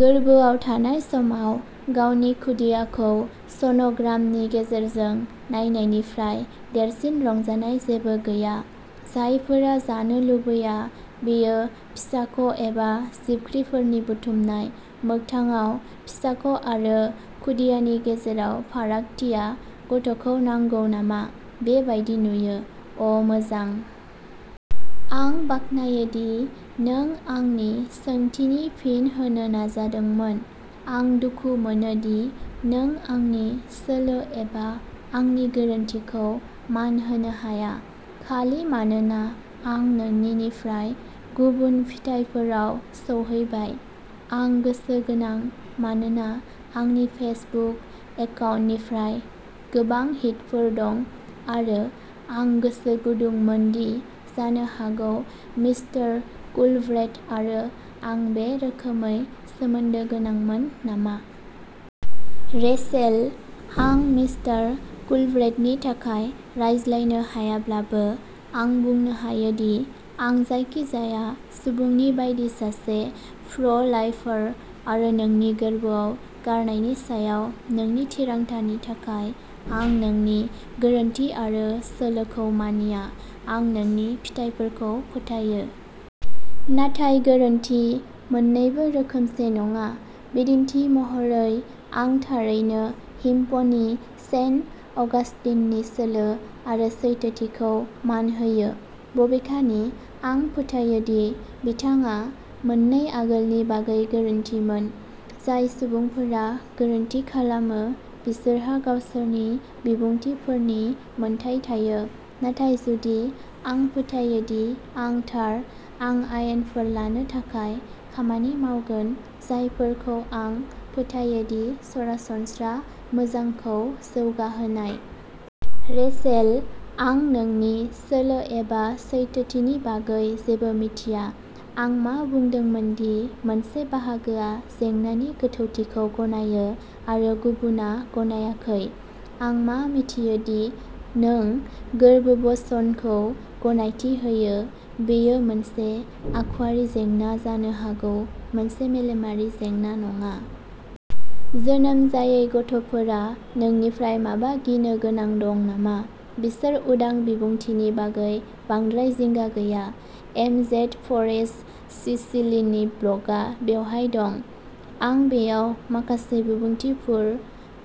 गोरबोआव थानाय समाव, गावनि खुदियाखौ सन'ग्रामनि गेजेरजों नायनायनिफ्राय देरसिन रंजानाय जेबो गैया। जायफोरा जानो लुबैया, बेयो फिसाख' एबा जिबख्रिफोरनि बुथुमनाय। मोगथाङाव, फिसाख' आरो खुदियानि गेजेराव फारागथिया गथ'खौ नांगौ नामा, बे बायदि नुयो। अ' मोजां। आं बाख्नायो दि नों आंनि सोंथिनि फिन होनो नाजादोंमोन। आं दुखु मोनो दि नों आंनि सोलो एबा आंनि गोरोनथिखौ मान होनो हाया, खालि मानोना आं नोंनिनिफ्राय गुबुन फिथाइफोराव सौहैबाय। आं गोसो गोनां, मानोना आंनि फेसबुक एकाउन्टनिफ्राय गोबां हिटफोर दं, आरो आं गोसो गुदुंमोन दि जानो हागौ मिस्टार कुलब्रेथ आरो आं बे रोखोमै सोमोन्दो गोनांमोन नामा। रेचेल, आं मिस्टार कुलब्रेथनि थाखाय रायज्लायनो हायाब्लाबो, आं बुंनो हायोदि आं जायखिजाया सुबुंनि बायदि सासे प्र'- लाइफार, आरो नोंनि गोरबोआव गारनायनि सायाव नोंनि थिरांथानि थाखाय आं नोंनि गोरोनथि आरो सोलोखौ मानिया। आं नोंनि फिथाइफोरखौ फोथायो। नाथाय, गोरोन्थि। मोननैबो रोखोमसे नङा। बिदिन्थि महरै, आं थारैनो हिप्प'नि सेन्ट अगास्टिननि सोलो आरो सैथोथिखौ मान होयो, बबेखानि आं फोथायो दि बिथाङा मोननै आगोलनि बागै गोरोन्थिमोन। जाय सुबुंफोरा गोरोन्थि खालामो, बिसोरहा गावसोरनि बिबुंथिफोरनि मोन्थाइ थायो, नाथाय जुदि आं फोथायो दि आं थार, आं आयेनफोर लानो थाखाय खामानि मावगोन जायफोरखौ आं फोथायो दि सरासनस्रा मोजांखौ जौगाहोनाय। रेचेल, आं नोंनि सोलो एबा सैथोथिनि बागै जेबो मिथिया। आं मा बुंदोंमोन दि मोनसे बाहागोआ जेंनानि गोथौथिखौ गनायो आरो गुबुनआ गनायाखै। आं मा मिथियो दि नों गोर्बोबस'नखौ गनायथि होयो। बेयो मोनसे आखुयारि जेंना जानो हागौ, मोनसे मेलेमारि जेंना नङा। जोनोम जायै गथ'फोरा नोंनिफ्राय माबा गिनो गोनां दं नामा? बिसोर उदां बिबुंथिनि बागै बांद्राय जिंगा गैया। एम जेड फरेस्ट सिसिलिनि ब्लगआ बेवहाय दं। आं बेयाव माखासे बिबुंथिफोर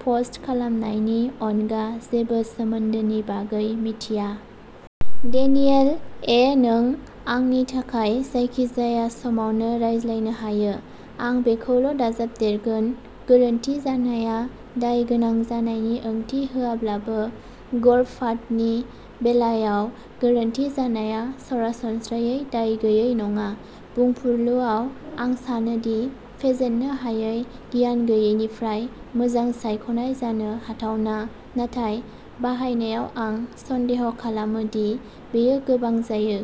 पस्ट खालामनायनि अनगा जेबो सोमोन्दोनि बागै मिथिया। डेनियेल ए नों आंनि थाखाय जायखिजाया समावनो रायज्लायनो हायो। आं बेखौल' दाजाबदेरगोन, गोरोन्थि जानाया दायगोनां जानायनि ओंथि होआब्लाबो, गर्भपातनि बेलायाव गोरोन्थि जानाया सरासनस्रायै दाय गैयै नङा। बुंफुरलुआव आं सानो दि फेजेननो हायै गियान गैयैनिफ्राय मोजां सायख'नाय जानो हाथावना, नाथाय बाहायनायाव आं सन्देह खालामो दि बेयो गोबां जायो।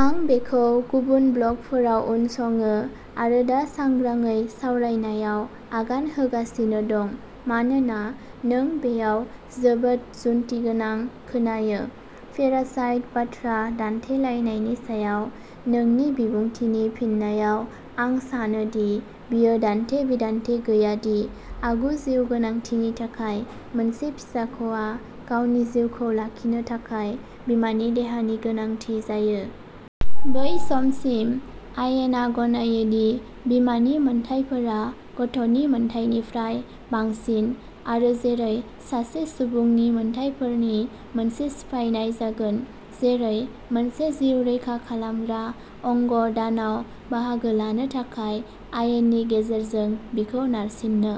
आं बेखौ गुबुन ब्लगफोराव उनसङो, आरो दा सांग्रांयै सावरायनायाव आगान होगासिनो दं, मानोना नों बेयाव जोबोद जुक्तिगोनां खोनायो। पेरासाइट बाथ्रा दान्थेलायनायनि सायाव नोंनि बिबुंथिनि फिननायाव, आं सानो दि बेयो दान्थे-बिदान्थे गैया दि, आगु-जिउगोनांथिनि थाखाय, मोनसे फिसाख'आ गावनि जिउखौ लाखिनो थाखाय बिमानि देहानि गोनांथि जायो। बै समसिम, आयेना गनायो दि बिमानि मोनथायफोरा गथ'नि मोनथायनिफ्राय बांसिन, आरो, जेरै, सासे सुबुंनि मोनथायफोरनि मोनसे सिफायनाय जागोन, जेरै, मोनसे जिउ रैखा खालामग्रा अंग दान आव बाहागो लानो थाखाय, आयेननि गेजेरजों बिखौ नारसिननो।